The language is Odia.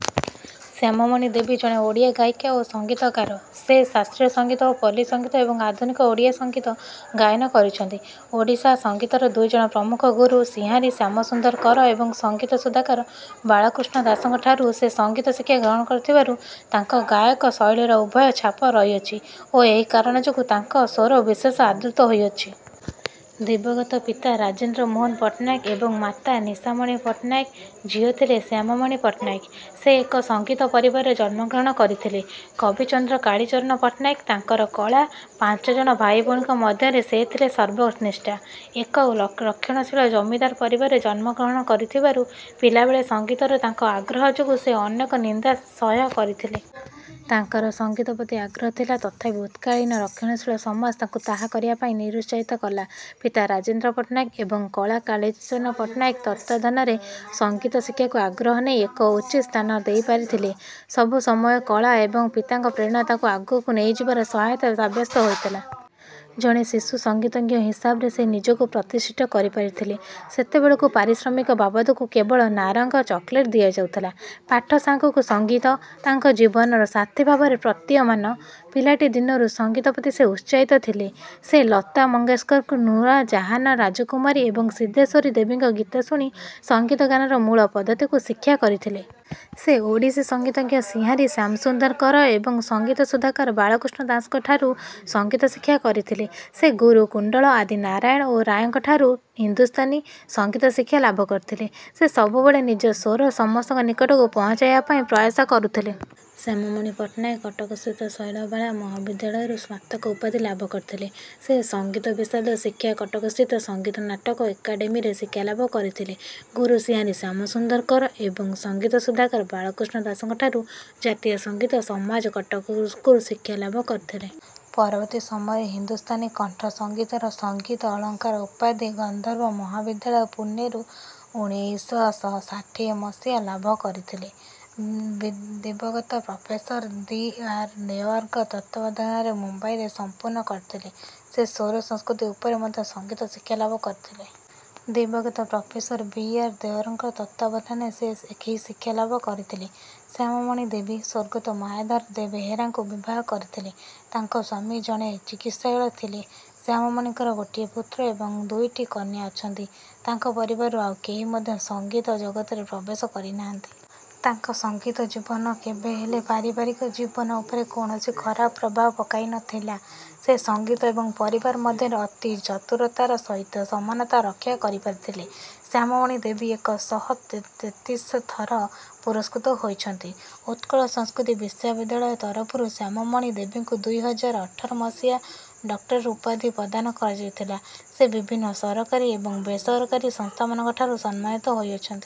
ଶ୍ୟାମାମଣି ଦେବୀ ଜଣେ ଓଡ଼ିଆ ଗାୟିକା ଓ ସଙ୍ଗୀତକାର। ସେ ଶାସ୍ତ୍ରୀୟ ସଙ୍ଗୀତ ପଲ୍ଲୀ ସଙ୍ଗୀତ ଏବଂ ଆଧୁନିକ ଓଡ଼ିଆ ସଙ୍ଗୀତ ଗାୟନ କରିଛନ୍ତି। ଓଡ଼ିଶା ସଙ୍ଗୀତର ଦୁଇଜଣ ପ୍ରମୁଖ ଗୁରୁ ସିଂହାରୀ ଶ୍ୟାମସୁନ୍ଦର କର ଏବଂ ସଙ୍ଗୀତ ସୁଧାକର ବାଳକୃଷ୍ଣ ଦାସଙ୍କଠାରୁ ସେ ସଙ୍ଗୀତ ଶିକ୍ଷା ଗ୍ରହଣ କରିଥିବାରୁ ତାଙ୍କ ଗାୟନ ଶୈଳୀରେ ଉଭୟଙ୍କ ଛାପ ରହିଅଛି ଓ ଏହି କାରଣ ଯୋଗୁଁ ତାଙ୍କ ସ୍ୱର ବିଶେଷ ଆଦୃତ ହୋଇଅଛି। ଦିବଂଗତ ପିତା ରାଜେନ୍ଦ୍ର ମୋହନ ପଟ୍ଟନାୟକ ଏବଂ ମାତା ନିଶାମଣି ପଟ୍ଟନାୟକଙ୍କ ଝିଅ ଥିଲେ ଶ୍ୟାମାମଣି ପଟ୍ଟନାୟକ। ସେ ଏକ ସଙ୍ଗୀତ ପରିବାରରେ ଜନ୍ମଗ୍ରହଣ କରିଥିଲେ। କବିଚନ୍ଦ୍ର କାଳୀଚରଣ ପଟ୍ଟନାୟକ ତାଙ୍କର କକା। ପାଞ୍ଚ ଜଣ ଭାଇଭଉଣୀଙ୍କ ମଧ୍ୟରେ ସେ ଥିଲେ ସର୍ବକନିଷ୍ଠା। ଏକ ରକ୍ଷଣଶୀଳ ଜମିଦାର ପରିବାରରେ ଜନ୍ମଗ୍ରହଣ କରିଥିବାରୁ ପିଲାବେଳେ ସଙ୍ଗୀତରେ ତାଙ୍କ ଆଗ୍ରହ ଯୋଗୁଁ ସେ ଅନେକ ନିନ୍ଦା ସହ୍ୟ କରିଥିଲେ। ତାଙ୍କର ସଙ୍ଗୀତ ପ୍ରତି ଆଗ୍ରହ ଥିଲା ତଥାପି ଉତ୍କାଳୀନ ରକ୍ଷଣଶୀଳ ସମାଜ ତାଙ୍କୁ ତାହା କରିବା ପାଇଁ ନିରୁତ୍ସାହିତ କଲା। ପିତା ରାଜେନ୍ଦ୍ର ପଟ୍ଟନାଏକ ଏବଂ କଳା କାଳୀଚରଣ ପଟ୍ଟନାଏକଙ୍କ ତତ୍ତ୍ୱାବଧାନରେ ସଙ୍ଗୀତ ଶିକ୍ଷାକୁ ଆଗ୍ରହ ନେଇ ଏକ ଉଚିତ ସ୍ଥାନ ଦେଇପାରିଥିଲେ। ସବୁ ସମୟ କକା ଏବଂ ପିତାଙ୍କ ପ୍ରେରଣା ତାଙ୍କୁ ଆଗକୁ ନେଇଯିବାରେ ସହାୟକ ସାବ୍ୟସ୍ତ ହୋଇଥିଲା। ଜଣେ ଶିଶୁ ସଙ୍ଗୀତଜ୍ଞ ହିସାବରେ ସେ ନିଜକୁ ପ୍ରତିଷ୍ଠିତ କରିପାରିଥିଲେ। ସେତେବେଳକୁ ପାରିଶ୍ରମିକ ବାବଦକୁ କେବଳ ନାରଙ୍ଗ ଚକୋଲେଟ ଦିଆଯାଉଥିଲା। ପାଠ ସାଙ୍ଗକୁ ସଙ୍ଗୀତ ତାଙ୍କ ଜୀବନର ସାଥୀ ଭାବରେ ପ୍ରତିୟମାନ। ପିଲାଟିଦିନରୁ ସଙ୍ଗୀତ ପ୍ରତି ସେ ଉତ୍ସାହିତ ଥିଲେ। ସେ ଲତା ମଙ୍ଗେସକରଙ୍କୁ ନୂର ଜାହାନ ରାଜକୁମାରୀ ଏବଂ ସିଦ୍ଧେଶ୍ୱରୀ ଦେବୀଙ୍କ ଗୀତ ଶୁଣି ସଙ୍ଗୀତ ଗାନର ମୂଳ ପଦ୍ଧତିକୁ ଶିକ୍ଷା କରିଥିଲେ। ସେ ଓଡ଼ିଶୀ ସଙ୍ଗୀତଜ୍ଞ ସିଂହାରୀ ଶ୍ୟାମସୁନ୍ଦର କର ଏବଂ ସଙ୍ଗୀତ ସୁଧାକର ବାଳକୃଷ୍ଣ ଦାସଙ୍କଠାରୁ ସଙ୍ଗୀତ ଶିକ୍ଷା କରିଥିଲେ। ସେ ଗୁରୁ କୁଣ୍ଡଳ ଆଦିନାରାୟଣ ଓ ରାୟଙ୍କଠାରୁ ହିନ୍ଦୁସ୍ଥାନୀ ସଙ୍ଗୀତ ଶିକ୍ଷା ଲାଭ କରିଥିଲେ। ସେ ସବୁବେଳେ ନିଜ ସ୍ୱର ସମସ୍ତଙ୍କ ନିକଟକୁ ପହଞ୍ଚାଇବା ପାଇଁ ପ୍ରୟାସ କରୁଥିଲେ। ଶ୍ୟାମାମଣି ପଟ୍ଟନାୟକ କଟକସ୍ଥିତ ଶୈଳବାଳା ମହାବିଦ୍ୟାଳୟରୁ ସ୍ନାତକ ଉପାଧି ଲାଭ କରିଥିଲେ। ସେ ସଙ୍ଗୀତ ବିଶାରଦ ଶିକ୍ଷା କଟକସ୍ଥିତ ସଙ୍ଗୀତ ନାଟକ ଏକାଡେମୀରେ ଶିକ୍ଷାଲାଭ କରିଥିଲେ। ଗୁରୁ ସିଂହାରୀ ଶ୍ୟାମସୁନ୍ଦର କର ଏବଂ ସଙ୍ଗୀତ ସୁଧାକର ବାଳକୃଷ୍ଣ ଦାସଙ୍କଠାରୁ ଜାତୀୟ ସଙ୍ଗୀତ ସମାଜ କଟକରୁ ଶିକ୍ଷା ଲାଭ କରିଥିଲେ। ପରବର୍ତ୍ତୀ ସମୟରେ ହିନ୍ଦୁସ୍ତାନୀ କଣ୍ଠ ସଙ୍ଗୀତର ସଙ୍ଗୀତ ଅଳଙ୍କାର ଉପାଧି ଗନ୍ଧର୍ବ ମହାବିଦ୍ୟାଳୟ ପୁନେରୁ ଉଣେଇଶ ଶହ ଷାଠିଏ ମସିହା ଲାଭ କରିଥିଲେ। ଦିବଂଗତ ପ୍ରଫେସର ବି ଆର ଦେଓଆରଙ୍କ ତତ୍ତ୍ୱାବଧାନରେ ମୁମ୍ବାଇରେ ସମ୍ପୂର୍ଣ୍ଣ କରିଥିଲେ। ସେ ସ୍ୱର ସଂସ୍କୃତି ଉପରେ ମଧ୍ୟ ସଙ୍ଗୀତ ଶିକ୍ଷା ଲାଭ କରିଥିଲେ। ଦିବଂଗତ ପ୍ରଫେସର ବି ଆର ଦେଓଧରଙ୍କ ତତ୍ତ୍ୱାବଧାନରେ ସେ ଏହି ଶିକ୍ଷା ଲାଭ କରିଥିଲେ। ଶ୍ୟାମାମଣି ଦେବୀ ସ୍ୱର୍ଗତ ମାୟାଧର ବେହେରାଙ୍କୁ ବିବାହ କରିଥିଲେ। ତାଙ୍କ ସ୍ୱାମୀ ଜଣେ ଚିକିତ୍ସାଳୟ ଥିଲେ। ଶ୍ୟାମାମଣିଙ୍କର ଗୋଟିଏ ପୁତ୍ର ଏବଂ ଦୁଇଟି କନ୍ୟା ଅଛନ୍ତି। ତାଙ୍କ ପରିବାରରୁ ଆଉ କେହି ମଧ୍ୟ ସଙ୍ଗୀତ ଜଗତରେ ପ୍ରବେଶ କରିନାହାନ୍ତି। ତାଙ୍କ ସଙ୍ଗୀତ ଜୀବନ କେବେହେଲେ ପାରିବାରିକ ଜୀବନ ଉପରେ କୌଣସି ଖରାପ ପ୍ରଭାବ ପକାଇନଥିଲା। ସେ ସଙ୍ଗୀତ ଏବଂ ପରିବାର ମଧ୍ୟରେ ଅତି ଚତୁରତାର ସହିତ ସମାନତା ରକ୍ଷା କରିପାରିଥିଲେ। ଶ୍ୟାମାମଣି ଦେବୀ ଏକ ଶହ ତେତିଶ ଥର ପୁରସ୍କୃତ ହୋଇଛନ୍ତି। ଉତ୍କଳ ସଂସ୍କୃତି ବିଶ୍ୱବିଦ୍ୟାଳୟ ତରଫରୁ ଶ୍ୟାମାମଣି ଦେବୀଙ୍କୁ ଦୁଇ ହଜାର ଅଠର ମସିହା ଡକ୍ଟର ଉପାଧି ପ୍ରଦାନ କରାଯାଇଥିଲା। ସେ ବିଭିନ୍ନ ସରକାରୀ ଏବଂ ବେସରକାରୀ ସଂସ୍ଥାମାନଙ୍କଠାରୁ ସମ୍ମାନିତ ହୋଇଅଛନ୍ତି।